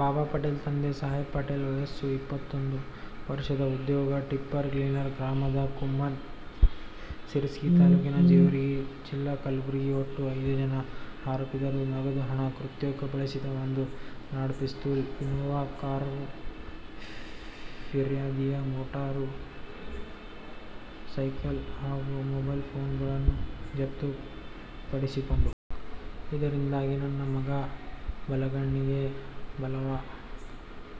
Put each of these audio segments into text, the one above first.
ಬಾಬಾ ಪಟೇಲ ತಂದೆ ಸಾಹೇಬ ಪಟೇಲ ವಯಸ್ಸು ಇಪ್ಪತ್ತೊಂದು ವರ್ಷ ಉದ್ಯೋಗ ಟಿಪ್ಪರ ಕ್ಲೀನರ್ ಗ್ರಾಮ ಕುಮ್ಮನ ಸಿರಸಗಿ ತಾಲ್ಲೂಖು ಜೇವರಗಿ ಜಿಲ್ಲಾ ಕಲಬುರಗಿ ಒಟ್ಟು ಐದು ಜನ ಆರೋಪಿತರಿಂದ ನಗದು ಹಣ, ಕೃತ್ಯಕ್ಕೆ ಬಳಿಸಿದ ಒಂದು ನಾಡ ಪಿಸ್ತೂಲು, ಇನೋವಾ ಕಾರು, ಫಿರ್ಯಾದಿಯ ಮೊಟಾರು ಸೈಕಲ್ ಹಾಗು ಮೊಬೈಲ್ ಫೋನುಗಳನ್ನು ಜಪ್ತು ಪಡಿಸಿಕೊಂಡು. ಇದರಿಂದಾಗಿ ನನ್ನ ಮಗ ಬಲಗಣ್ಣಿಗೆ,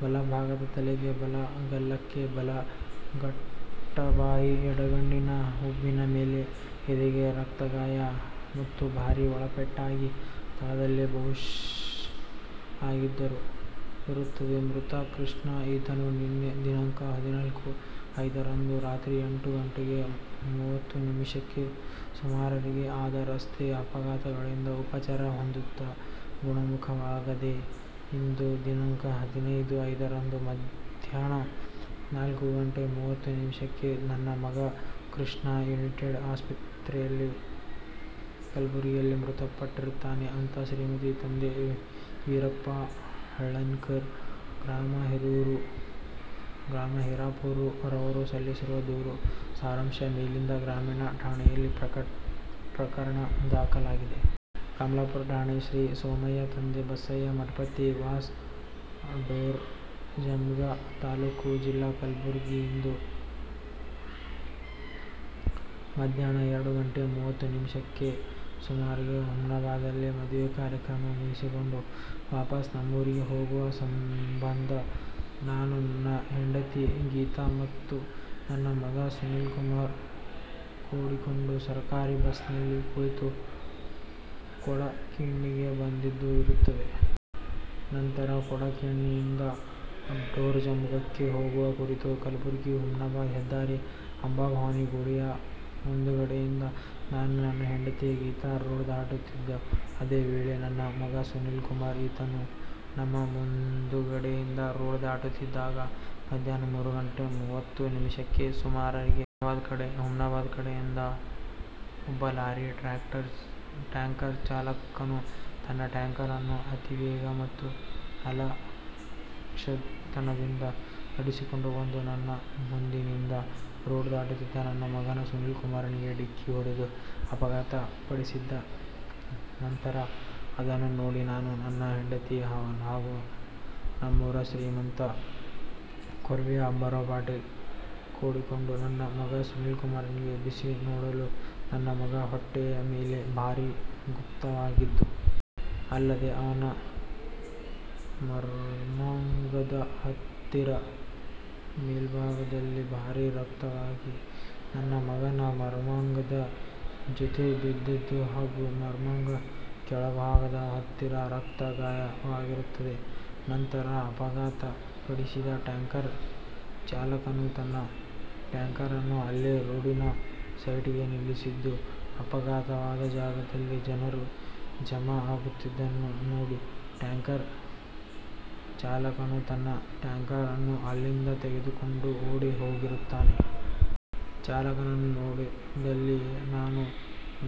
ಬಲಭಾಗದ ತಲೆಗೆ ಬಲ ಗಲ್ಲಕ್ಕೆ, ಬಲ ಗಟ್ಟಬಾಯಿ ಎಡಗಣ್ಣಿನ ಹುಬ್ಬಿನ ಮೇಲೆ ಎದೆಗೆ ರಕ್ತಗಾಯ ಮತ್ತು ಭಾರಿ ಒಳಪೆಟ್ಟಾಗಿ ಸ್ಥಳದಲ್ಲಿ ಬೇಹುಷ ಆಗಿದ್ದು ಇರುತ್ತದೆ. ಮೃತ ಕೃಷ್ಣಾ ಈತನು ನಿನ್ನೆ ದಿನಾಂಕ ಹದಿನಾಲ್ಕು ಐದರಂದು ರಾತ್ರಿ ಎಂಟು ಗಂಟೆ ಮೂವತ್ತು ನಿಮಿಷಕ್ಕೆ ಸುಮಾರಿಗೆ ಆದ ರಸ್ತೆ ಅಪಘಾತಗಳಿಂದ ಉಪಚಾರ ಹೊಂದುತ್ತಾ ಗುಣಮುಖವಾಗದೇ ಇಂದು ದಿನಾಂಕ ಹದಿನೈದು ಐದರಂದು ಮಧ್ಯಾಹ್ನ ನಾಲ್ಕು ಗಂಟೆ ಮೂವತ್ತು ನಿಮಿಷಕ್ಕೆ ನನ್ನ ಮಗ ಕೃಷ್ಣಾ ಯುನೈಟೆಡ್ ಆಸ್ಪತ್ರೆ ಕಲಬುರಗಿಯಲ್ಲಿ ಮೃತಪಟ್ಟಿರುತ್ತಾನೆ ಅಂತಾ ಶ್ರೀಮಂತ ತಂದೆ ವೀರಪ್ಪಾ ಹಳ್ಳನಕರ ಗ್ರಾಮ ಹೀರಾಪೂರ ರವರು ಸಲ್ಲಿಸಿದ ದೂರು ಸಾರಾಂಶದ ಮೇಲಿಂದ ಗ್ರಾಮೀಣ ಠಾಣೆಯಲ್ಲಿ ಪ್ರಕರಣ ದಾಖಲಾಗಿದೆ. ಕಮಲಾಪೂರ ಠಾಣೆ: ಶ್ರೀ ಸೋಮಯ್ಯ ತಂದೆ ಬಸಯ್ಯ ಮಠಪತಿ ವಾಸ ಡೊರಜಂಬಗಾ ತಾಲ್ಲೂಖು: ಜಿಲ್ಲಾ :ಕಲಬುರಗಿ ಇಂದು ಮದ್ಯಾಹ್ನ ಎರಡು ಗಂಟೆ ಮೂವತ್ತು ನಿಮಿಷಕ್ಕೆ ಸೂಮಾರಿಗೆ ಹುಮನಾಬಾದನಲ್ಲಿ ಮದುವೆ ಕಾರ್ಯಕ್ರಮ ಮುಗಿಸಿಕೊಂಡು ವಾಪಸ್ ನಮ್ಮೂರಿಗೆ ಹೋಗುವ ಸಂಬಂಧ ನಾನು ನನ್ನ ಹೆಂಡತಿ ಗೀತಾ ಮತ್ತು ನನ್ನ ಮಗ ಸುನೀಲಕುಮಾರ ಕೂಡಿಕೊಂಡು ಸರಕಾರಿ ಬಸ್ನಲ್ಲಿ ಕುಳಿತು ರೋಡಕಿಣ್ಣಿಗೆ ಬಂದಿದ್ದು ಇರುತ್ತದೆ. ನಂತರ ರೋಡಕಿಣ್ಣಿಯಿಂದ ಡೊರಜಂಬಗಾಕ್ಕೆ ಹೋಗುವ ಕುರಿತು ಕಲಬುರಗಿ ಹುಮನಾಬಾದ ಹೆದ್ದಾರಿಯ ಅಂಬಾಭವಾನಿ ಗುಡಿಯ ಮುಂದುಗಡೆಯಿಂದ ನಾನು ನನ್ನ ಹೆಂಡತಿ ಗೀತಾ ರೋಡ್ ದಾಟುತ್ತಿದ್ದು ಅದೇ ವೇಳೆಗೆ ನನ್ನ ಮಗ ಸುನೀಲಕುಮಾರ ಈತನು ನಮ್ಮ ಮುಂದುಗಡೆಯಿಂದ ರೋಡ್ ದಾಟುತ್ತಿದ್ದಾಗ ಮಧ್ಯಾಹ್ನ ಮೂರು ಗಂಟೆ ಮೂವತ್ತು ನಿಮಿಷಕ್ಕೆ ಸೂಮಾರಿಗೆ ಹುಮನಾಬಾದ ಕಡೆಯಿಂದ ಒಬ್ಬ ಲಾರಿ ಟ್ಯಾಂಕರ್ ಚಾಲಕನು ತನ್ನ ಟ್ಯಾಂಕರನ್ನು ಅತಿವೇಗ ಮತ್ತು ಅಲಕ್ಷ್ಯತನದಿಂದ ನಡೆಸಿಕೊಂಡು ಬಂದು ನಮ್ಮ ಮುಂದಿನಿಂದ ರೋಡ್ ದಾಟುತ್ತಿದ್ದ ನನ್ನ ಮಗ ಸುನೀಲಕುಮಾರನಿಗೆ ಡಿಕ್ಕಿ ಹೊಡೆದು ಅಪಘಾತ ಪಡಿಸಿದ್ದು ನಂತರ ಅದನ್ನು ನೋಡಿ ನಾನು ನನ್ನ ಹೆಂಡತಿ ಹಾಗೂ ನಮ್ಮೂರ ಶ್ರೀಮಂತ ಕೋರವಿ ಅಂಬಾರಾವ ಪಾಟೀಲ ಕೂಡಿಕೊಂಡು ನನ್ನ ಮಗ ಸುನೀಲಕುಮಾರನಿಗೆ ಎಬ್ಬಿಸಿ ನೋಡಲು ನನ್ನ ಮಗನ ಹೊಟ್ಟೆಯ ಮೇಲೆ ಭಾರಿ ಗುಪ್ತಗಾವಾಗಿದ್ದು. ಅಲ್ಲದೆ ಅವನ ಮರ್ಮಾಂಗದ ಹತ್ತಿರ ಮೇಲ್ಬಾದಲ್ಲಿ ಭಾರಿ ರಕ್ತಗಾವಾಗಿ ನನ್ನ ಮಗನ ಮರ್ಮಾಂಗದ ಜೋತು ಬಿದ್ದಿದ್ದು ಹಾಗೂ ಮರ್ಮಾಂಗದ ಕೆಳಭಾಗದ ಹತ್ತಿರ ರಕ್ತ ಗಾಯವಾಗಿರುತ್ತದೆ. ನಂತರ ಅಪಘಾತ ಪಡಿಸಿದ ಟ್ಯಾಂಕರ್ ಚಾಲಕನು ತನ್ನ ಟ್ಯಾಂಕರನ್ನು ಅಲ್ಲೆ ರೋಡಿನ ಸೈಡಿಗೆ ನಿಲ್ಲಿಸಿದ್ದು ಅಪಘಾತವಾದ ಜಾಗದಲ್ಲಿ ಜನರು ಜಮಾ ಆಗುತ್ತಿದ್ದನ್ನು ನೋಡಿ ಟ್ಯಾಂಕರ್ ಚಾಲಕನು ತನ್ನ ಟ್ಯಾಂಕರನ್ನು ಅಲ್ಲಿಂದ ತೆಗೆದುಕೊಂಡು ಓಡಿ ಹೋಗಿರುತ್ತಾನೆ. ಚಾಲಕನನ್ನು ನೋಡಿದಲ್ಲಿ ನಾನು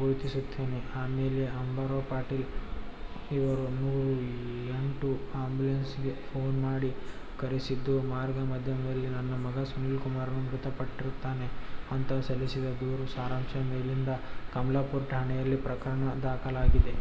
ಗುರುತಿಸುತ್ತೇನೆ. ಆಮೇಲೆ ಅಂಬಾರಾವ ಪಾಟೀಲ ಇವರು ನೂರ ಎಂಟು ಅಂಬುಲೆನ್ಸ್ ಗೆ ಫೋನ್ ಮಾಡಿ ಕರೆಯಿಸಿದ್ದು ಮಾರ್ಗ ಮಧ್ಯದಲ್ಲಿ ನನ್ನ ಮಗ ಸುನೀಲ ಕುಮಾರನು ಮೃತ ಪಟ್ಟಿರುತ್ತಾನೆ ಅಂತಾ ಸಲ್ಲಿಸಿದ ದೂರು ಸಾರಾಂಶದ ಮೇಲಿಂದ ಕಮಲಾಪೂರ ಠಾಣೆಯಲ್ಲಿ ಪ್ರಕರಣ ದಾಖಲಾಗಿದೆ.